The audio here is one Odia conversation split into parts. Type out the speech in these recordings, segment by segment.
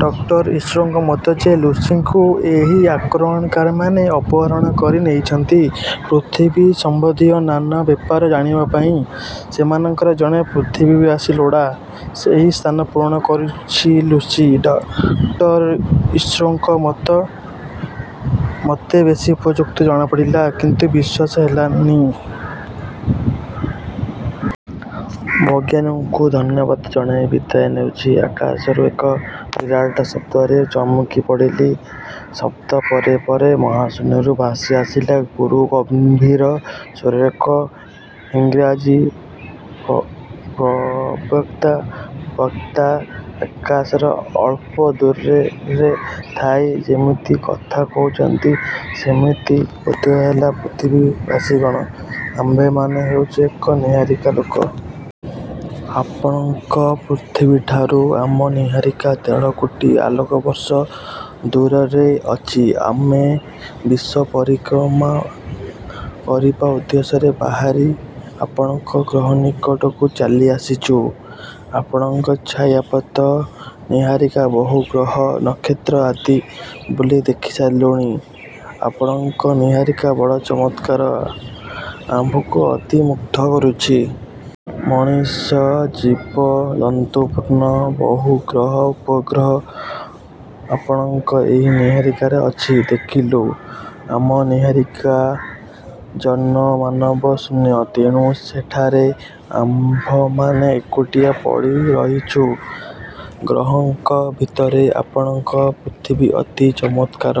ଡକ୍ଟର ଇସୋଙ୍କ ମତ ଯେ ଲୁସିକୁ ଏହି ଆକ୍ରମଣକାରୀମାନେ ଅପହରଣ କରି ନେଇଛନ୍ତି। ପୃଥିବୀ-ସମ୍ବନ୍ଧୀୟ ନାନା ବ୍ୟାପାର ଜାଣିବା ପାଇଁ ସେମାନଙ୍କର ଜଣେ ପୃଥିବୀବାସୀ ଲୋଡ଼ା, ସେହି ସ୍ଥାନ ପୂରଣ କରିଛି ଲୁସି। ଡକ୍ଟର ଇସୋଙ୍କ ମତ ମୋତେ ବେଶ ଯୁକ୍ତିଯୁକ୍ତ ଜଣାପଡ଼ିଲା କିନ୍ତୁ ବିଶ୍ୱାସ ହେଲାନି। ବୈଜ୍ଞାନିକଙ୍କୁ ଧନ୍ୟବାଦ ଜଣାଇ ବିଦାୟ ନେଉଛି, ଆକାଶରୁ ଏକ ବିରାଟ ଶବ୍ଦରେ ଚମକିପଡ଼ିଲି। ଶବ୍ଦ ପରେ ପରେ ମହାଶୂନ୍ୟରୁ ଭାସିଆସିଲା ଗୁରୁଗମ୍ଭୀର ସ୍ୱରରେ ଏକ ଇଂରାଜୀ ବକ୍ତୃତା ବକ୍ତା ଆକାଶର ଅଳ୍ପ ଦୂରରେ ଥାଇ ଯେମିତି କଥା କହୁଛନ୍ତି, ସେମିତି ବୋଧହେଲା। ପୃଥିବୀବାସୀଗଣ, ଆମ୍ଭେମାନେ ହେଉଛୁଁ ଆଉ ଏକ ନୀହାରିକାର ଲୋକ। ଆପଣଙ୍କ ପୃଥିବୀଠାରୁ ଆମ ନୀହାରିକା ଦେଢ଼କୋଟି ଆଲୋକବର୍ଷ ଦୂରରେ ଅଛି। ଆମେ ବିଶ୍ୱ ପରିକ୍ରମା କରିବା ଉଦ୍ଦେଶ୍ୟରେ ବାହାରି ଆପଣମାନଙ୍କ ଗ୍ରହନିକଟକୁ ଚାଲି ଆସିଛୁଁ। ଆପଣମାନଙ୍କ ଛାୟାପଥ ନୀହାରିକାର ବହୁ ଗ୍ରହ ନକ୍ଷତ୍ର ଆଦି ବୁଲି ଦେଖିସାରିଲୁଣି। ଆପଣମାନଙ୍କ ନୀହାରିକା ବଡ଼ ଚମତ୍କାର, ଆମକୁ ଅତି ମୁଗ୍ଧ କରିଛି। ମଣିଷ ଜୀବଜନ୍ତୁପୂର୍ଣ୍ଣ ବହୁ ଗ୍ରହ ଉପଗ୍ରହ ଆପଣମାନଙ୍କ ଏହି ନୀହାରିକାରେ ଅଛି ଦେଖିଲୁ। ଆମ ନୀହାରିକା ଜନମାନବ ଶୂନ୍ୟ ତେଣୁ ସେଠାରେ ଆମ୍ଭେମାନେ ଏକୁଟିଆ ପଡ଼ିରହିଛୁଁ। ଗ୍ରହମାନଙ୍କ ଭିତରେ ଆପଣମାନଙ୍କ ପୃଥିବୀ ଅତି ଚମତ୍କାର।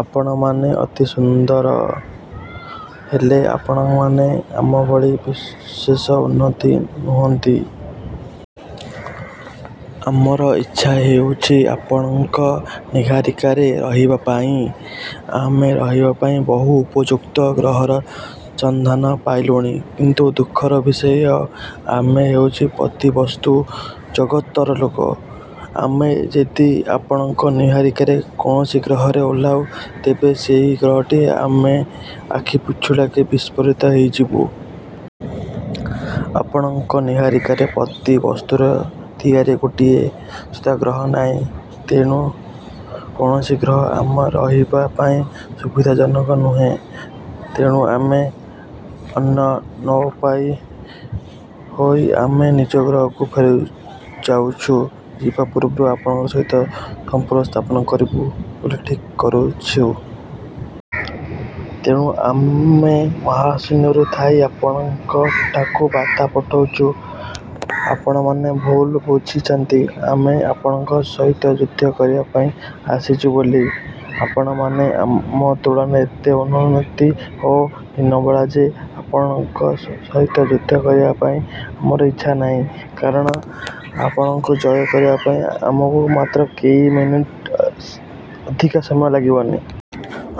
ଆପଣମାନେ ଅତି ସୁନ୍ଦର। ହେଲେ, ଆପଣମାନେ ଆମ ଭଳି ବିଶେଷ ଉନ୍ନତ ନୁହନ୍ତି। ଆମର ଇଚ୍ଛା ହେଉଛି, ଆପଣମାନଙ୍କ ନୀହାରିକାରେ ରହିବା ପାଇଁ। ଆମେ ରହିବାପାଇଁ ବହୁ ଉପଯୁକ୍ତ ଗ୍ରହର ସନ୍ଧାନ ପାଇଲୁଣି କିନ୍ତୁ ଦୁଃଖର ବିଷୟ, ଆମେ ହେଉଛୁଁ ପ୍ରତିବସ୍ତୁ ଜଗତର ଲୋକ। ଆମେ ଯଦି ଆପଣଙ୍କ ନୀହାରିକାର କୌଣସି ଗ୍ରହରେ ଓହ୍ଲାଉଁ, ତେବେ ସେହି ଗ୍ରହଟି ଓ ଆମେ ଆଖିପିଛୁଳାକେ ବିସ୍ଫୋରିତ ହୋଇଯିବୁଁ। ଆପଣଙ୍କ ନୀହାରିକାରେ ପ୍ରତିବସ୍ତୁର ତିଆରି ଗୋଟାଏ ସୁଦ୍ଧା ଗ୍ରହ ନାହିଁ। ତେଣୁ କୌଣସି ଗ୍ରହ ଆମ ରହିବା ପାଇଁ ସୁବିଧାଜନକ ନୁହେଁ। ତେଣୁ ଆମେ ଅନନ୍ୟୋପାୟ ହୋଇ ଆମ ନିଜ ଗ୍ରହକୁ ଫେରିଯାଉଛୁଁ। ଯିବା ପୂର୍ବରୁ ଆପଣମାନଙ୍କ ସହିତ ସମ୍ପର୍କ ସ୍ଥାପନ କରିବୁଁ ବୋଲି ଠିକ୍ କରିଛୁଁ। ତେଣୁ ଆମେ ମହାଶୂନ୍ୟରୁ ଥାଇ ଆପଣଙ୍କ ଠାକୁ ବାର୍ତ୍ତା ପଠାଇଛୁ। ଆପଣମାନେ ଭୁଲ ବୁଝିଛନ୍ତି, ଆମେ ଆପଣମାନଙ୍କ ସହିତ ଯୁଦ୍ଧ କରିବା ପାଇଁ ଆସିଛୁ ବୋଲି। ଆପଣମାନେ ଆମ ତୁଳନାରେ ଏତେ ଅନୁନ୍ନତ ଓ ହୀନବଳ ଯେ ଆପଣମାନଙ୍କ ସହିତ ଯୁଦ୍ଧ କରିବା ପାଇଁ ଆମର ଇଚ୍ଛା ନାହିଁ, କାରଣ ଆପଣମାନଙ୍କୁ ଜୟ କରିବା ପାଇଁ ଆମକୁ ମାତ୍ର କେଇ ମିନିଟ୍ରୁ ଅଧିକ ସମୟ ଲାଗିବନି।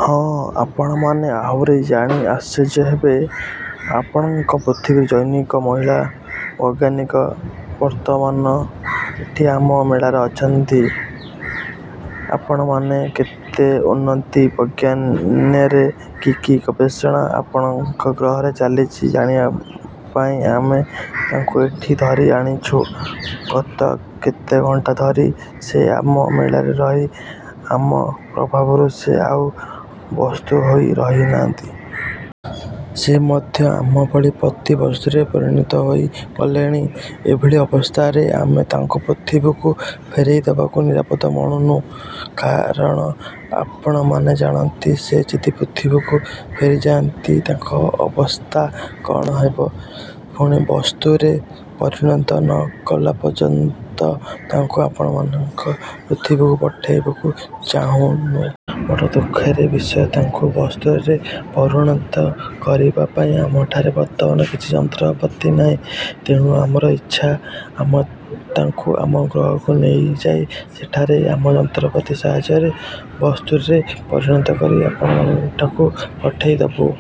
ହଁ ଆପଣମାନେ ଆହୁରି ଜାଣି ଆଶ୍ଚର୍ଯ୍ୟ ହେବେ, ଆପଣଙ୍କ ପୃଥିବୀର ଜନୈକା ମହିଳା ବୈଜ୍ଞାନିକ ବର୍ତ୍ତମାନ ଏଠି ଆମ ମେଳରେ ଅଛନ୍ତି। ଆପଣମାନେ କେତେ ଉନ୍ନତି ବୈ ଜ୍ଞାନରେ କି କି ଗବେଷଣା ଆପଣମାନଙ୍କ ଗ୍ରହରେ ଚାଲିଛି ଜାଣିବା ପାଇଁ ଆମେ ତାଙ୍କୁ ଏଠାକୁ ଧରିଆଣିଛୁଁ। ଗତ କେତେ ଘଣ୍ଟା ଧରି ସେ ଆମ ମେଳରେ ରହି ଆମ ପ୍ରଭାବରୁ ସେ ଆଉ ବସ୍ତୁ ହୋଇ ରହିନାହାନ୍ତି। ସେ ମଧ୍ୟ ଆମ ଭଳି ପ୍ରତିବସ୍ତୁରେ ପରିଣତ ହୋଇ ଗଲେଣି। ଏଭଳି ଅବସ୍ଥାରେ ଆମେ ତାଙ୍କୁ ପୃଥିବୀକୁ ଫେରାଇ ଦେବାକୁ ନିରାପଦ ମଣୁନୁ। କାରଣ ଆପଣମାନେ ଜାଣନ୍ତି, ସେ ଯଦି ପୃଥିବୀକୁ ଫେରିଯାନ୍ତି, ତାଙ୍କ ଅବସ୍ଥା କ'ଣ ହେବ? ପୁଣି ବସ୍ତୁରେ ପରିଣତ ନ କଲା ପର୍ଯ୍ୟନ୍ତ ତାଙ୍କୁ ଆପଣମାନଙ୍କ ପୃଥିବୀକୁ ପଠାଇବାକୁ ଚାହୁଁନୁ। ବଡ଼ ଦୁଃଖର ବିଷୟ ତାଙ୍କୁ ବସ୍ତୁରେ ପରିଣତ କରିବା ପାଇଁ ଆମଠାରେ ବର୍ତ୍ତମାନ କିଛି ଯନ୍ତ୍ରପାତି ନାହିଁ। ତେଣୁ ଆମର ଇଚ୍ଛା, ଆମେ ତାଙ୍କୁ ଆମ ଗ୍ରହକୁ ନେଇଯାଇ ସେଠାରେ ଆମ ଯନ୍ତ୍ରପାତି ସାହାଯ୍ୟରେ ବସ୍ତୁରେ ପରିଣତ କରି ଆପଣମାନଙ୍କଠାକୁ ପଠାଇଦେବୁଁ।